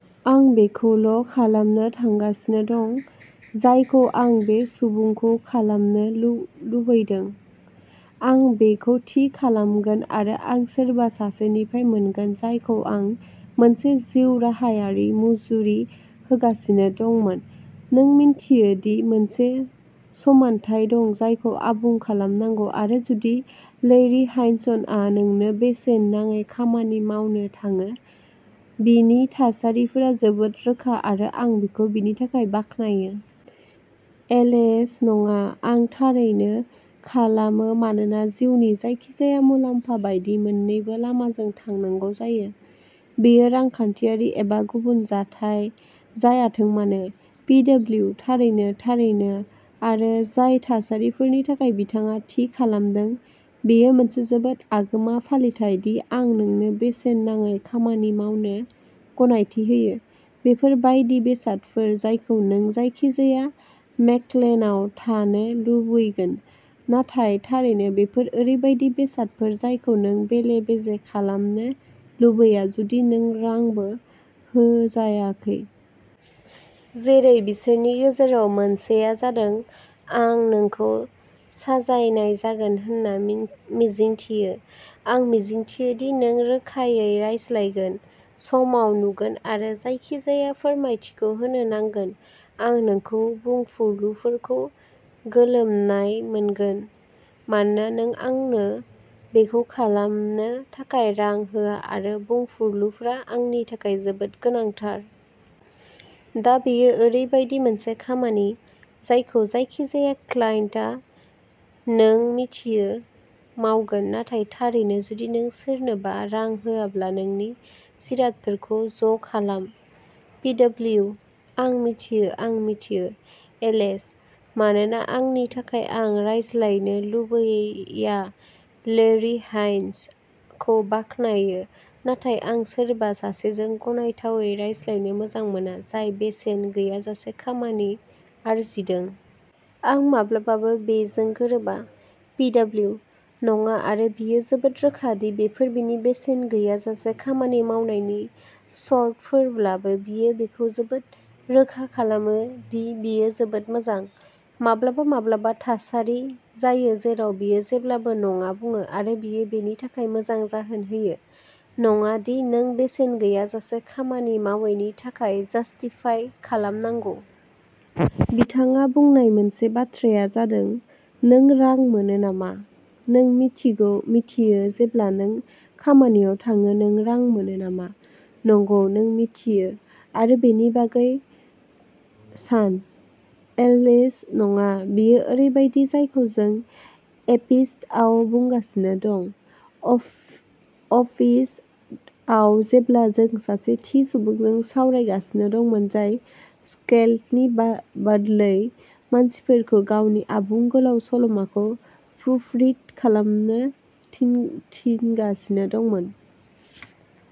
आं बेखौल'खालामनो थांगासिनो दं, जायखौ आं बे सुबुंखौ खालामनो लुबैदों। 'आं बेखौ थि खालामगोन आरो आं सोरबा सासेनिफ्राय मोनगोन जायखौ आं मोनसे जिउराहायारि मुजुरि होगासिनो दंमोन। "नों मिन्थियो दि मोनसे समानथाय दं जायखौ आबुं खालामनांगौ आरो जुदि लैरी हाइन्सआ नोंनो बेसेन नाङै खामानि मावनो थाङो, बिनि थासारिफोरा जोबोद रोखा आरो आं बिखौ बेनि थाखाय बाख्नायो। एलएचः नङा, आं थारैनो खालामो मानोना जिउनि जायखिजाया मुलाम्फा बायदि मोन्नैबो लामाजों थांनांगौ जायो, बेयो रांखान्थियारि एबा गुबुन जायाथों मानो। पिडब्लिउः थारैनो, थारैनो आरो जाय थासारिफोरनि थाखाय बिथाङा थि खालामदों," बेयो मोनसे जोबोद आगोमा फालिथाय दि आं नोंनो बेसेन नाङै खामानि मावनो गनायथि होयो "बेफोर बायदि बेसादफोर जायखौ नों जायखिजाया मक्केलनाव थानो लुबैगोन नाथाय थारैनो बेफोर ओरैबायदि बेसादफोर जायखौ नों बेले-बेजे खालामनो लुबैया जुदि नों रांबो होजायाखै। जेरै बिसोरनि गेजेराव मोनसेआ जादों, "आं नोंखौ साजायनाय जागोन होनना मिजिंथियो। आं मिजिंथियो दि नों रोखायै रायज्लायगोन, समाव नुगोन आरो जायखिजाया फोरमायथिखौ होनो नांगोन। आं नोंखौ बुंफुरलुफोरखौ गोलोमनाय मोनगोन मानोना नों आंनो बेखौ खालामनो थाखाय रां होआ आरो बुंफुरलुफोरा आंनि थाखाय जोबोद गोनांथार। " दा बेयो ओरैबायदि मोनसे खामानि, जायखौ जायखिजाया क्लाइन्टआ, नों मिथियो, मावगोन नाथाय थारैनो जुदि नों सोरनोबा रां होआब्ला नोंनि जिरादफोरखौ ज'खालाम। पिडब्लिउः आं मिथियो, आं मिथियो। एलएचः मानोना आंनि थाखाय आं रायज्लायनो लुबैयाआं लैरी हाइन्स खौ बाख्नायो, नाथाय आं सोरबा सासेजों गनायथावै रायज्लायनो मोजां मोना जाय बेसेन गैयाजासे खामानि आरजिदों। आं माब्लाबाबो बेजों गोरोबा। पिडब्लिउः नङा आरो बियो जोबोद रोखा दि बेफोर बिनि बेसेन गैयाजासे खामानि मावनायनि सर्तफोरब्लाबो बियो बेखौ जोबोद रोखा खालामो दि बेयो जोबोद मोजां। माब्लाबा-माब्लाबा थासारि जायो जेराव बियो जेब्लाबो नङा बुङो आरो बियो बेनि थाखाय मोजां जाहोन होयो, नङा दि नों बेसेन गैयाजासे खामानि मावैनि थाखाय जस्टिफाइ खालामनांगौ। बिथाङा बुंनाय मोनसे बाथ्राया जादों, "नों रां मोनो नामा? नों मिन्थियो जेब्ला नों खामानियाव थाङो नों रां मोनो नामा? " नंगौ, नों मिन्थियो, आरो बेनि बागै सान। एलएचः नङा, बेयो ओरैबायदि जायखौ जों एपिस'ड आव बुंगासिनो दं, अ'एपिस'ड आव, जेब्ला जों सासे थि सुबुंजों सावरायगासिनो दंमोन जाय चकलेटनि बदलै मानसिफोरखौ गावनि आबुं गोलाव सल'माखौ प्रुफरिड खालामनो थिनगासिनो दंमोन।